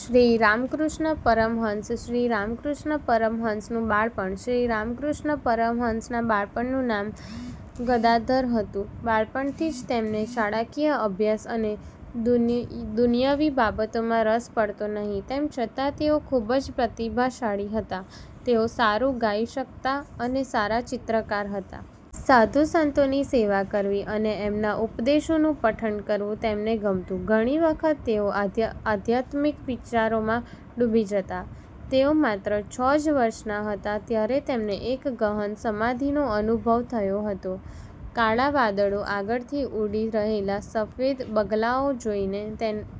શ્રીરામકૃષ્ણ પરમહંસ શ્રીરામકૃષ્ણ પરમહંસનું બાળપણ શ્રીરામકૃષ્ણ પરમહંસના બાળપણનું નામ ગદાધર હતું. બાળપણથી જ તેમને શાળાકીય અભ્યાસ અને દુન્યવી બાબતોમાં રસ પડતો નહિ. તેમ છતાં તેઓ ખુબ જ પ્રતિભાશાળી હતા. તેઓ સારું ગાઈ શકતા અને સારા ચિત્રકાર હતા. સાધુ સંતોની સેવા કરવી અને એમના ઉપદેશોનું પઠન કરવું તેમને ગમતું. ઘણી વખત તેઓ આધ્યાત્મિક વિચારોમાં ડૂબી જતા. તેઓ માત્ર છ જ વર્ષના હતા ત્યારે તેમને એક ગહન સમાધિનો અનુભવ થયો હતો. કાળા વાદળો આગળથી ઊડી રહેલા સફેદ બગલાઓ જોઈને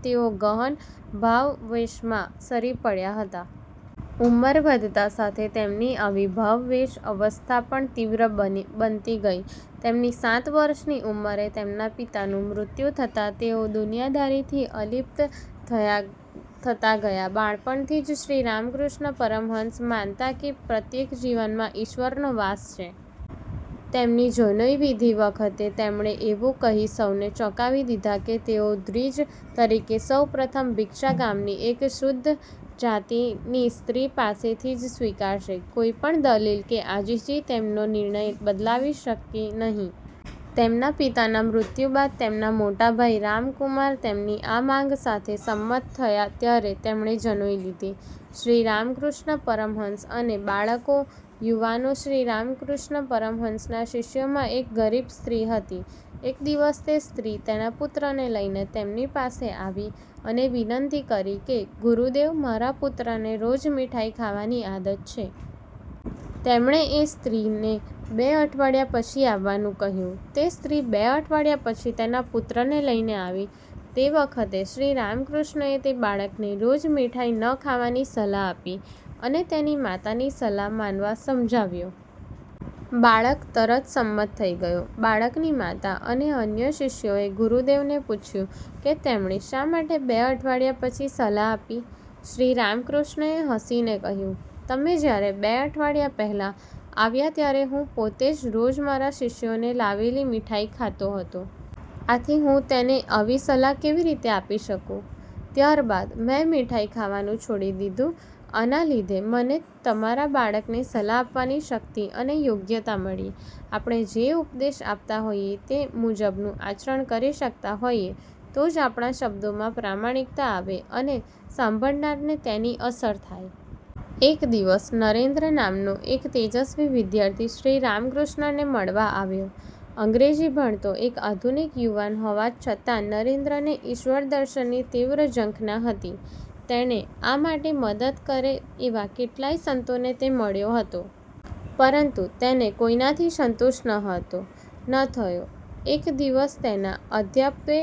તેઓ ગહન ભાવાવેશમાં સરી પડયા હતા. ઉંમર વધતા સાથે તેમની આવી ભાવાવેશ અવસ્થા પણ તીવ્ર બનતી ગઈ. તેમની સાત વર્ષની ઉંમરે તેમના પિતાનું મૃત્યુ થતાં તેઓ દુનિયાદારીથી અલિપ્ત થતા ગયા. બાળપણથી જ શ્રીરામકૃષ્ણ પરમહંસ માનતા કે પ્રત્યેક જીવમાં ઈશ્વરનો વાસ છે. તેમની જનોઈ વિધિ વખતે તેમણે એવું કહી સૌને ચોંકાવી દીધા કે તેઓ દ્વિજ તરીકેની સૌપ્રથમ ભિક્ષા ગામની એક શૂદ્ર જાતિની સ્ત્રી પાસેથી જ સ્વીકારશે. કોઈ પણ દલીલ કે આજીજી તેમનો નિર્ણય બદલાવી શકી નહિ. તેમના પિતાના મૃત્યુ બાદ તેમના મોટાભાઈ રામકુમાર તેમની આ માંગ સાથે સંમત થયા ત્યારે તેમણે જનોઈ લીધી. શ્રીરામકૃષ્ણ પરમહંસ અને બાળકો / યુવાનો શ્રીરામકૃષ્ણ પરમહંસના શિષ્યોમાં એક ગરીબ સ્ત્રી હતી. એક દિવસ તે સ્ત્રી તેના પુત્રને લઇને તેમની પાસે આવી અને વિનંતી કરી કે, "ગુરુદેવ, મારા પુત્રને રોજ મીઠાઈ ખાવાની આદત છે. તેમણે એ સ્ત્રીને બે અઠવાડિયા પછી આવવા કહ્યું. તે સ્ત્રી બે અઠવાડિયા પછી તેના પુત્રને લઇને આવી. તે વખતે શ્રીરામકૃષ્ણએ તે બાળકને રોજ મીઠાઈ ન ખાવાની સલાહ આપી અને તેની માતાની સલાહ માનવા સમજાવ્યો. બાળક તરત સંમત થઇ ગયો. બાળકની માતા અને અન્ય શિષ્યોએ ગુરુદેવને પૂછ્યું કે તેમણે શા માટે બે અઠવાડિયા પછી સલાહ આપી? શ્રીરામકૃષ્ણએ હસીને કહ્યું, "તમે જયારે બે અઠવાડિયા પહેલાં આવ્યા ત્યારે હું પોતે જ રોજ મારા શિષ્યોએ લાવેલી મીઠાઈ ખાતો હતો. આથી હું તેને આવી સલાહ કેવી રીતે આપી શકું? ત્યાર બાદ મેં મીઠાઈ ખાવાનું છોડી દીધું. આના લીધે મને તમારા બાળકને સલાહ આપવાની શક્તિ અને યોગ્યતા મળી. આપણે જે ઉપદેશ આપતા હોઈએ તે મુજબનું આચરણ કરી શકતા હોઈએ તો જ આપણા શબ્દોમાં પ્રામાણિકતા આવે અને સાંભળનારને એની અસર થાય". એક દિવસ નરેન્દ્ર નામનો એક તેજસ્વી વિદ્યાર્થી શ્રીરામકૃષ્ણને મળવા આવ્યો. અંગ્રેજી ભણતો એક આધુનિક યુવાન હોવા છતાં નરેન્દ્રને ઈશ્વરદર્શનની તીવ્ર ઝંખના હતી. તેને આ માટે મદદ કરે એવા કેટલાય સંતોને તે મળ્યો હતો. પરંતુ તેને કોઈનાથી સંતોષ નહોતો થયો. એક દિવસ તેના અધ્યાપકે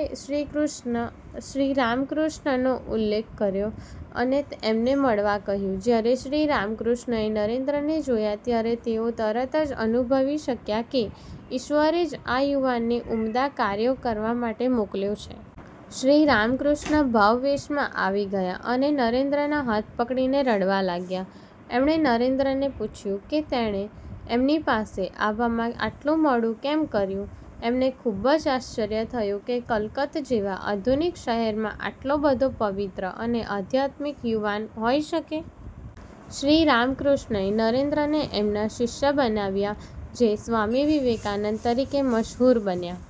શ્રીરામકૃષ્ણનો ઉલ્લેખ કર્યો અને એમને મળવા કહ્યું. જયારે શ્રીરામકૃષ્ણએ નરેન્દ્રને જોયા ત્યારે તેઓ તરત જ અનુભવી શક્યા કે ઈશ્વરે જ આ યુવાનને ઉમદા કાર્યો કરવા માટે મોકલ્યો છે. શ્રીરામકૃષ્ણ ભાવાવેશમાં આવી ગયા અને નરેન્દ્રના હાથ પકડીને રડવા લાગ્યા. એમણે નરેન્દ્રને પૂછ્યું કે તેણે એમની પાસે આવવામાં આટલું મોડું કેમ કર્યું? એમને ખુબ જ આશ્ચર્ય થયું કે કલકત્તા જેવા આધુનિક શહેરમાં આટલો બધો પવિત્ર અને આધ્યાત્મિક યુવાન હોઈ શકે? શ્રીરામકૃષ્ણએ નરેન્દ્રને એમના શિષ્ય બનાવ્યા જે સ્વામી વિવેકાનંદ તરીકે મશહૂર બન્યા!